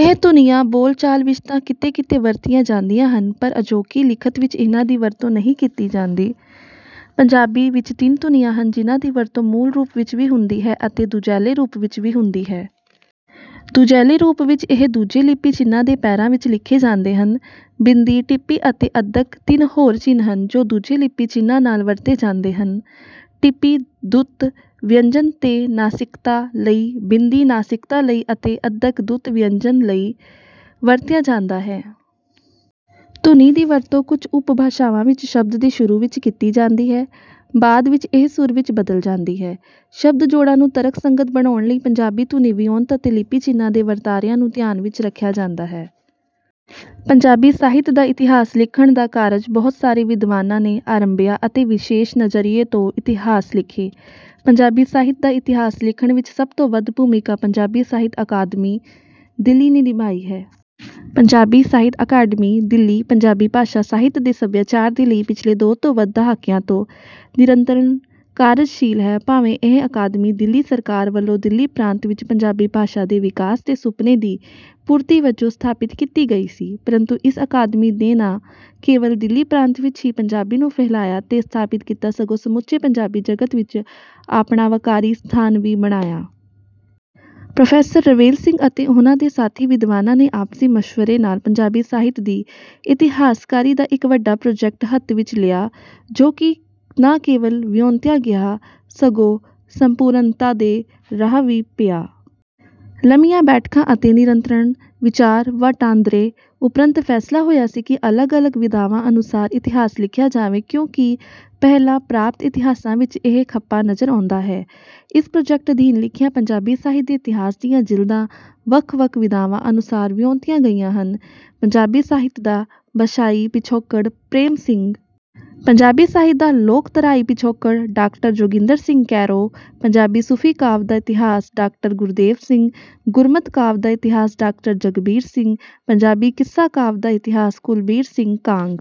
ਇਹ ਧੁਨੀਆਂ ਬੋਲਚਾਲ ਵਿੱਚ ਤਾਂ ਕਿਤੇ-ਕਿਤੇ ਵਰਤੀਆਂ ਜਾਂਦੀਆਂ ਹਨ, ਪਰ ਅਜੋਕੀ ਲਿਖਤ ਵਿੱਚ ਇਨ੍ਹਾਂ ਦੀ ਵਰਤੋਂ ਨਹੀਂ ਕੀਤੀ ਜਾਂਦੀ। ਪੰਜਾਬੀ ਵਿੱਚ ਤਿੰਨ ਧੁਨੀਆਂ ਹਨ, ਜਿਨ੍ਹਾਂ ਦੀ ਵਰਤੋਂ ਮੂਲ ਰੂਪ ਵਿੱਚ ਵੀ ਹੁੰਦੀ ਹੈ ਅਤੇ ਦੁਜੈਲੇ ਰੂਪ ਵਿੱਚ ਵੀ ਹੁੰਦੀ ਹੈ। ਦੁਜੈਲੇ ਰੂਪ ਵਿੱਚ ਇਹ ਦੂਜੇ ਲਿਪੀ ਚਿੰਨ੍ਹਾਂ ਦੇ ਪੈਰਾਂ ਵਿੱਚ ਲਿਖੇ ਜਾਂਦੇ ਹਨ। ਬਿੰਦੀ, ਟਿੱਪੀ ਅਤੇ ਅੱਧਕ ਤਿੰਨ ਹੋਰ ਚਿੰਨ੍ਹ ਹਨ, ਜੋ ਦੂਜੇ ਲਿਪੀ ਚਿੰਨ੍ਹਾਂ ਨਾਲ ਵਰਤੇ ਜਾਂਦੇ ਹਨ। ਟਿੱਪੀ ਦੁੱਤ ਵਿਅੰਜਨ ਤੇ ਨਾਸਿਕਤਾ ਲਈ, ਬਿੰਦੀ ਨਾਸਿਕਤਾ ਲਈ ਅਤੇ ਅੱਧਕ ਦੁੱਤ ਵਿਅੰਜਨ ਲਈ ਵਰਤਿਆ ਜਾਂਦਾ ਹੈ। ਧੁਨੀ ਦੀ ਵਰਤੋਂ ਕੁਝ ਉਪਭਾਸ਼ਾਵਾਂ ਵਿੱਚ ਸ਼ਬਦ ਦੇ ਸ਼ੁਰੂ ਵਿੱਚ ਕੀਤੀ ਜਾਂਦੀ ਹੈ। ਬਾਅਦ ਵਿੱਚ ਇਹ ਸੁਰ ਵਿੱਚ ਬਦਲ ਜਾਂਦੀ ਹੈ। ਸ਼ਬਦ-ਜੋੜਾਂ ਨੂੰ ਤਰਕਸੰਗਤ ਬਣਾਉਣ ਲਈ ਪੰਜਾਬੀ ਧੁਨੀ-ਵਿਉਂਤ ਅਤੇ ਲਿਪੀ ਚਿੰਨ੍ਹਾਂ ਦੇ ਵਰਤਾਰਿਆਂ ਨੂੰ ਧਿਆਨ ਵਿੱਚ ਰੱਖਿਆ ਜਾਂਦਾ ਹੈ। ਪੰਜਾਬੀ ਸਾਹਿਤ ਦਾ ਇਤਿਹਾਸ ਲਿਖਣ ਦਾ ਕਾਰਜ ਬਹੁਤ ਸਾਰੇ ਵਿਦਵਾਨਾਂ ਨੇ ਆਰੰਭਿਆ ਅਤੇ ਵਿਸ਼ੇਸ਼ ਨਜ਼ਰੀਏ ਤੋਂ ਇਤਿਹਾਸ ਲਿਖੇ। ਪੰਜਾਬੀ ਸਾਹਿਤ ਦਾ ਇਤਿਹਾਸ ਲਿਖਣ ਵਿੱਚ ਸਭ ਤੋਂ ਵੱਧ ਭੂਮਿਕਾ ਪੰਜਾਬੀ ਸਾਹਿਤ ਅਕਾਦਮੀ, ਦਿੱਲੀ ਨੇ ਨਿਭਾਈ ਹੈ। ਪੰਜਾਬੀ ਸਾਹਿਤ ਅਕਾਦਮੀ, ਦਿੱਲੀ, ਪੰਜਾਬੀ ਭਾਸ਼ਾ, ਸਾਹਿਤ ਤੇ ਸੱਭਿਆਚਾਰ ਦੇ ਲਈ ਪਿਛਲੇ ਦੋ ਤੋਂ ਵੱਧ ਦਹਾਕਿਆਂ ਤੋਂ ਨਿਰੰਤਰ ਕਾਰਜਸ਼ੀਲ ਹੈ। ਭਾਵੇਂ ਇਹ ਅਕਾਦਮੀ ਦਿੱਲੀ ਸਰਕਾਰ ਵੱਲੋਂ ਦਿੱਲੀ ਪ੍ਰਾਂਤ ਵਿੱਚ ਪੰਜਾਬੀ ਭਾਸ਼ਾ ਦੇ ਵਿਕਾਸ ਦੇ ਸੁਪਨੇ ਦੀ ਪੂਰਤੀ ਵਜੋਂ ਸਥਾਪਿਤ ਕੀਤੀ ਗਈ ਸੀ, ਪਰੰਤੂ ਇਸ ਅਕਾਦਮੀ ਨੇ ਨਾ ਕੇਵਲ ਦਿੱਲੀ ਪ੍ਰਾਂਤ ਵਿੱਚ ਹੀ ਪੰਜਾਬੀ ਨੂੰ ਫੈਲਾਇਆ ਤੇ ਸਥਾਪਿਤ ਕੀਤਾ, ਸਗੋਂ ਸਮੁੱਚੇ ਪੰਜਾਬੀ ਜਗਤ ਵਿੱਚ ਆਪਣਾ ਵਕਾਰੀ ਸਥਾਨ ਵੀ ਬਣਾਇਆ। ਪ੍ਰੋਫ਼ੈਸਰ ਰਵੇਲ ਸਿੰਘ ਅਤੇ ਉਹਨਾਂ ਦੇ ਸਾਥੀ ਵਿਦਵਾਨਾਂ ਨੇ ਆਪਸੀ ਮਸ਼ਵਰੇ ਨਾਲ ਪੰਜਾਬੀ ਸਾਹਿਤ ਦੀ ਇਤਿਹਾਸਕਾਰੀ ਦਾ ਇੱਕ ਵੱਡਾ ਪ੍ਰੋਜੈਕਟ ਹੱਥ ਵਿੱਚ ਲਿਆ, ਜੋ ਕਿ ਨਾ ਕੇਵਲ ਵਿਉਂਤਿਆ ਗਿਆ, ਸਗੋਂ ਸੰਪੂਰਨਤਾ ਦੇ ਰਾਹ ਵੀ ਪਿਆ। ਲੰਮੀਆਂ ਬੈਠਕਾਂ ਅਤੇ ਨਿਰੰਤਰ ਵਿਚਾਰ-ਵਟਾਂਦਰੇ ਉਪਰੰਤ ਫ਼ੈਸਲਾ ਹੋਇਆ ਸੀ ਕਿ ਅਲੱਗ-ਅਲੱਗ ਵਿਧਾਵਾਂ ਅਨੁਸਾਰ ਇਤਿਹਾਸ ਲਿਖਿਆ ਜਾਵੇ, ਕਿਉਂਕਿ ਪਹਿਲਾਂ ਪ੍ਰਾਪਤ ਇਤਿਹਾਸਾਂ ਵਿੱਚ ਇਹ ਖੱਪਾ ਨਜ਼ਰ ਆਉਂਦਾ ਹੈ। ਇਸ ਪ੍ਰੋਜੈਕਟ ਅਧੀਨ ਲਿਖੀਆਂ ਪੰਜਾਬੀ ਸਾਹਿਤ ਦੇ ਇਤਿਹਾਸ ਦੀਆਂ ਜਿਲਦਾਂ ਵੱਖ-ਵੱਖ ਵਿਧਾਵਾਂ ਅਨੁਸਾਰ ਵਿਉਂਤੀਆਂ ਗਈਆਂ ਹਨ: ਪੰਜਾਬੀ ਸਾਹਿਤ ਦਾ ਭਾਸ਼ਾਈ ਪਿਛੋਕੜ-- ਪ੍ਰੇਮ ਸਿੰਘ। ਪੰਜਾਬੀ ਸਾਹਿਤ ਦਾ ਲੋਕਧਾਰਾਈ ਪਿਛੋਕੜ -- ਡਾਕਟਰ ਜੋਗਿੰਦਰ ਸਿੰਘ ਕੈਰੋਂ। ਪੰਜਾਬੀ ਸੂਫ਼ੀ ਕਾਵਿ ਦਾ ਇਤਿਹਾਸ — ਡਾਕਟਰ. ਗੁਰਦੇਵ ਸਿੰਘ। ਗੁਰਮਤਿ ਕਾਵਿ ਦਾ ਇਤਿਹਾਸ -ਡਾਕਟਰ. ਜਗਬੀਰ ਸਿੰਘ। ਪੰਜਾਬੀ ਕਿੱਸਾ ਕਾਵਿ ਦਾ ਇਤਿਹਾਸ — ਕੁਲਬੀਰ ਸਿੰਘ ਕਾਂਗ।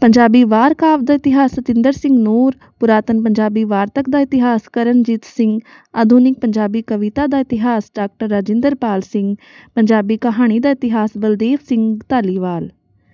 ਪੰਜਾਬੀ ਵਾਰ ਕਾਵਿ ਦਾ ਇਤਿਹਾਸ — ਸਤਿੰਦਰ ਸਿੰਘ ਨੂਰ। ਪੁਰਾਤਨ ਪੰਜਾਬੀ ਵਾਰਤਕ ਦਾ ਇਤਿਹਾਸ — ਕਰਨਜੀਤ ਸਿੰਘ। ਆਧੁਨਿਕ ਪੰਜਾਬੀ ਕਵਿਤਾ ਦਾ ਇਤਿਹਾਸ — ਡਾਕਟਰ. ਰਾਜਿੰਦਰ ਪਾਲ ਸਿੰਘ। ਪੰਜਾਬੀ ਕਹਾਣੀ ਦਾ ਇਤਿਹਾਸ — ਬਲਦੇਵ ਸਿੰਘ ਧਾਲੀਵਾਲ।